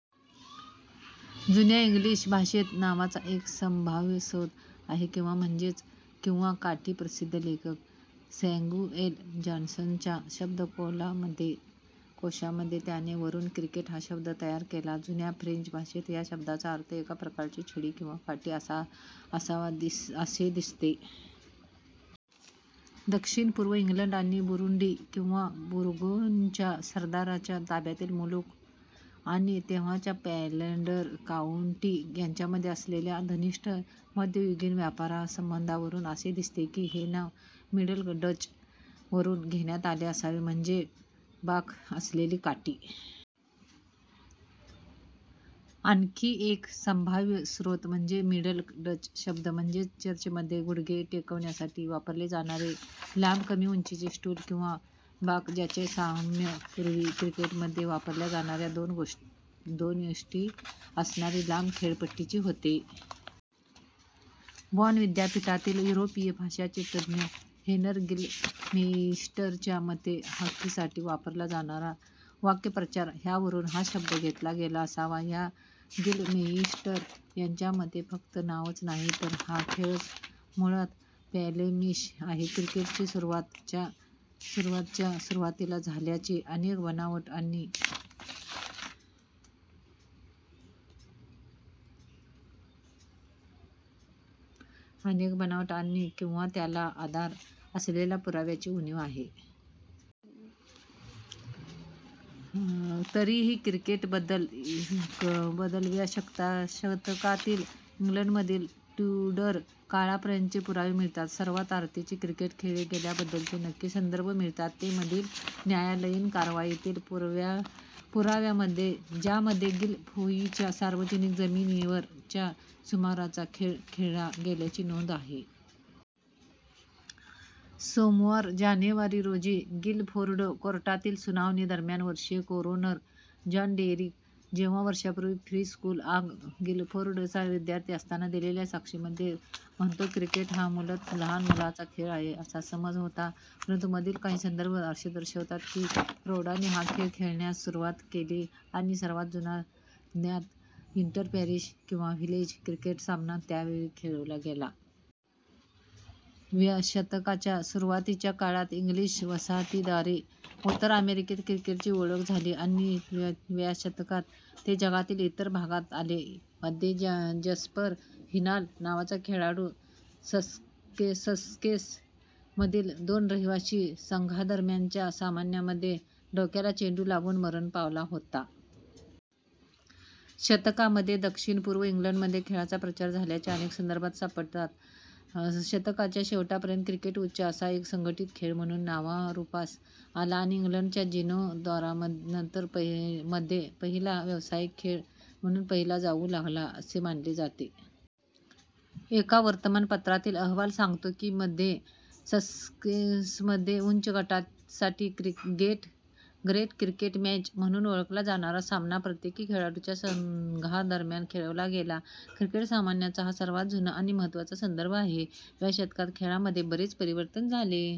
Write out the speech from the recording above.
जुन्या इंग्लिश भाषेत नावाचा एक संभाव्य स्रोत आहे, किंवा म्हणजेच किंवा काठी. प्रसिद्ध लेखक सॅम्युएल जॉन्सनच्या शब्दकोशा मध्ये, त्याने "," वरून क्रिकेट हा शब्द तयार केला. जून्या फ्रेंच भाषेत, ह्या शब्दाचा अर्थ एका प्रकारची छडी किंवा काठी असा असावा असे दिसते. दक्षिण-पुर्व इंग्लंड आणि बुरुंडी किंवा बूर्गान्यच्या सरदाराच्या ताब्यातील मुलूख आणि तेव्हाचा फ्लॅंडर काऊंटी यांच्यामध्ये असलेल्या घनिष्ट मध्ययुगीन व्यापारासंबंधावरून, असे दिसते की हे नाव मिडल डच वरून घेण्यात आले असावे, म्हणजे बाक असलेली काठी. आणखी एक संभाव्य स्रोत म्हणजे मिडल डच शब्द, म्हणजे चर्चमध्ये गुडघे टेकवण्यासाठी वापरले जाणारे लांब कमी उंचीचे स्टूल किंवा बाक, ज्याचे साम्य पूवी क्रिकेटमध्ये वापरल्या जाणाऱ्या दोन यष्टी असणारी लांब खेळपट्टीशी होते. बॉन विद्यापीठातील युरोपीय भाषांचे तज्ज्ञ हेनर गिलमेइस्टरच्या मते, हॉकीसाठी वापरला जाणारा वाक्प्रचार ह्यावरून "" हा शब्द घेतला गेला असावा. डॉ गिलमेइस्टर यांच्या मते फक्त नावच नाही तर हा खेळच मूळतः फ्लेमिश आहे. क्रिकेटची सुरुवात च्या सुरुवातीला झाल्याचे अनेक बनावट आणि/किंवा त्याला आधार असलेल्या पुराव्यांची उणीव आहे. तरीही क्रिकेटबद्दल व्या शतकातील, इंग्लंडमधील ट्युडर काळापर्यंतचे पुरावे मिळतात. सर्वात आधीचे क्रिकेट खेळले गेल्याबद्दलचे नक्की संदर्भ मिळतात ते, मधील न्यायालयीन कारवाईतील पुराव्यांमध्ये, ज्यामध्ये गिल फोर्डच्या सार्वजनिक जमिनीवर च्या सुमारास चा खेळ खेळला गेल्याची नोंद आहे. सोमवार, जानेवारी रोजी गिलफोर्ड कोर्टातील सुनावणी दरम्यान, वर्षीय कोरोनर, जॉन डेरिक जेव्हा वर्षांपूर्वी फ्री स्कूल ऑग गिलफोर्ड चा विद्यार्थी असताना दिलेल्या साक्षीमध्ये म्हणतो, "." क्रिकेट हा मूलतः लहान मुलांचा खेळ आहे असा समज होता, परंतु मधील काही संदर्भ असे दर्शवतात की प्रौढांनी हा खेळ खेळण्यास सुरुवात केली आणि सर्वात जुना ज्ञात इंटर-पॅरिश किंवा व्हिलेज क्रिकेट सामना त्याकाळी खेळवला गेला. व्या शतकाच्या सुरुवातीच्या काळात इंग्लिश वसाहतींद्वारे उत्तर अमेरिकेत क्रिकेटची ओळख झाली आणि व्या शतकात ते जगातील इतर भागात आले. मध्ये, जॅस्पर व्हिनॉल नावाचा खेळाडू ससेक्समधील दोन रहिवासी संघांदरम्यानच्या सामन्यामध्ये डोक्याला चेंडू लागून मरण पावला होता. शतकामध्ये, दक्षिण-पूर्व इंग्लंडमध्ये खेळाचा प्रसार झाल्याचे अनेक संदर्भ सापडतात. शतकाच्या शेवटापर्यंत, क्रिकेट उच्च असा एक संघटित खेळ म्हणून नावारूपास आला आणि इंग्लंडच्या जीर्णोद्धारानंतर मध्ये पहिला व्यावसायिक खेळ म्हणून पाहिला जाऊ लागला असे मानले जाते. एका वर्तमानपत्रातील अहवाल सांगतो की, मध्ये ससेक्समध्ये उच्च गटासाठी "ग्रेट क्रिकेट मॅच" म्हणून ओळखला जाणारा सामना प्रत्येकी खेळाडूंच्या संघांदरम्यान खेळवला गेला. क्रिकेट सामन्याचा हा सर्वात जुना आणि महत्त्वाचा संदर्भ आहे. व्या शतकात खेळामध्ये बरेच परिवर्तन झाले.